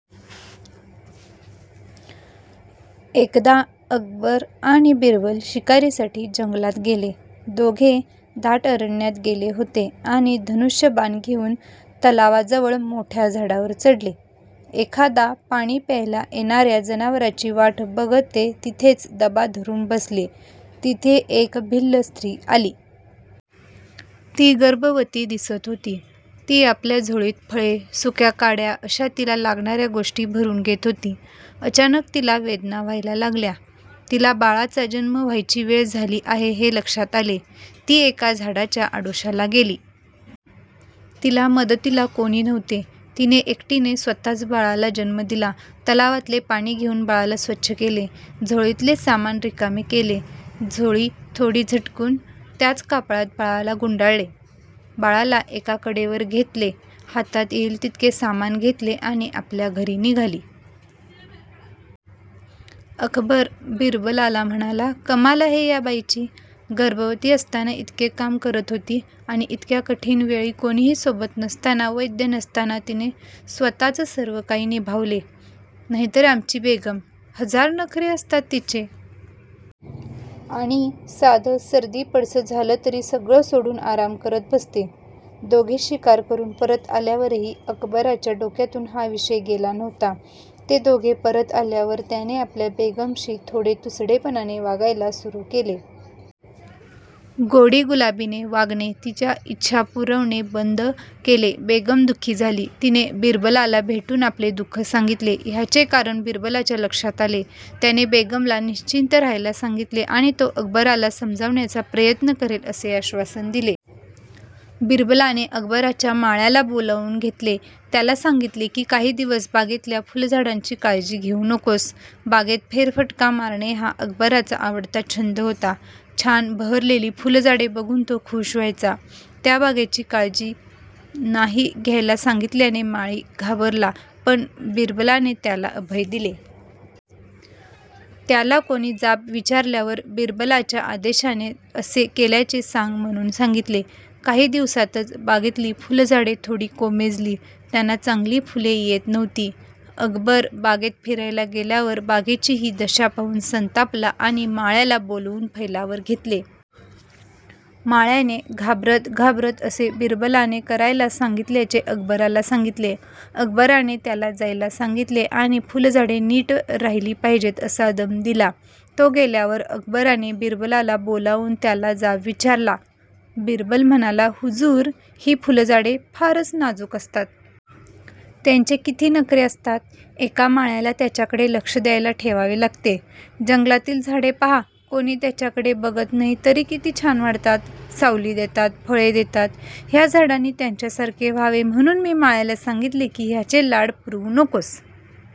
एकदा अकबर आणि बिरबल शिकारीसाठी जंगलात गेले. दोघे दाट अरण्यात गेले होते आणि धनुष्य बाण घेऊन तलावाजवळ मोठ्या झाडावर चढले. एखाद्या पाणी प्यायला येणाऱ्या जनावराची वाट बघत ते तिथेच दबा धरून बसले. तिथे एक भिल्ल स्त्री आली. ती गर्भवती दिसत होती. ती आपल्या झोळीत फळे, सुक्या काड्या अशा तिला लागणाऱ्या गोष्टी भरून घेत होती. अचानक तिला वेदना व्हायला लागल्या. तिला बाळाचा जन्म व्हायची वेळ झाली आहे हे लक्षात आले. ती एका झाडाच्या आडोशाला गेली. तिला मदतीला कोणी नव्हते. तिने एकटीने स्वतःच बाळाला जन्म दिला. तलावातले पाणी घेऊन बाळाला स्वच्छ केले. झोळीतले सामान रिकामे केले, झोळी थोडी झटकून त्याच कपड्यात बाळाला गुंडाळले. बाळाला एका कडेवर घेतले, हातात येईल तितके सामान घेतले आणि आपल्या घरी निघाली. अकबर बिरबलाला म्हणाला. कमाल आहे या बाईची. गर्भवती असताना इतके काम करत होती. आणि इतक्या कठीण वेळी कोणीही सोबत नसताना, वैद्य नसताना तिने स्वतःच सर्व काही निभावले. नाही तर आमची बेगम. हजार नखरे असतात तिचे. आणि साधं सर्दी पडसं झालं तरी सगळं सोडून आराम करत बसते. दोघे शिकार करून परत आल्यावरही अकबराच्या डोक्यातुन हा विषय गेला नव्हता. ते दोघे परत आल्यावर त्याने आपल्या बेगमशी थोडे तुसडेपणाने वागायला सुरु केले. गोडीगुलाबीने वागणे, तिच्या इच्छा पुरवणे बंद केले. बेगम दुःखी झाली. तिने बिरबलाला भेटून आपले दुःख सांगितले. ह्याचे कारण बिरबलाच्या लक्षात आले. त्याने बेगमला निश्चित राहायला सांगितले आणि तो अकबराला समजावण्याचा प्रयत्न करेल असे आश्वासन दिले. बिरबलाने अकबराच्या माळ्याला बोलावुन घेतले. त्याला सांगितले कि काही दिवस बागेतल्या फुलझाडांची काळजी घेऊ नकोस. बागेत फेरफटका मारणे हा अकबराचा आवडता छंद होता. छान बहरलेली फुलझाडे बघुन तो खुश व्हायचा. त्या बागेची काळजी नाही घ्यायला सांगितल्याने माळी घाबरला, पण बिरबलाने त्याला अभय दिले. त्याला कोणी जाब विचारल्यावर बिरबलाच्या आदेशाने असे केल्याचे सांग म्हणुन सांगितले. काही दिवसातच बागेतली फुलझाडे थोडी कोमेजली. त्यांना चांगली फुले येत नव्हती. अकबर बागेत फिरायला गेल्यावर बागेची हि दशा पाहुन संतापला आणि माळ्याला बोलावून फैलावर घेतले. माळ्याने घाबरत घाबरत असे बिरबलाने करायला सांगितल्याचे अकबराला सांगितले. अकबराने त्याला जायला सांगितले आणि फुलझाडे नीट राहिली पाहिजेत असा दम दिला. तो गेल्यावर अकबराने बिरबलाला बोलावुन त्याला जाब विचारला. बिरबल म्हणाला हुजूर, हि फुलझाडे फारच नाजुक असतात. त्यांचे किती नखरे असतात. एका माळ्याला त्यांच्याकडे लक्ष द्यायला ठेवावे लागते. जंगलातली झाडे पहा. कोणी त्यांच्याकडे बघत नाही तरी किती छान वाढतात, सावली देतात, फळे देतात. ह्या झाडांनी त्यांच्यासारखे व्हावे म्हणुन मी माळ्याला सांगितले कि ह्यांचे लाड पुरवू नकोस.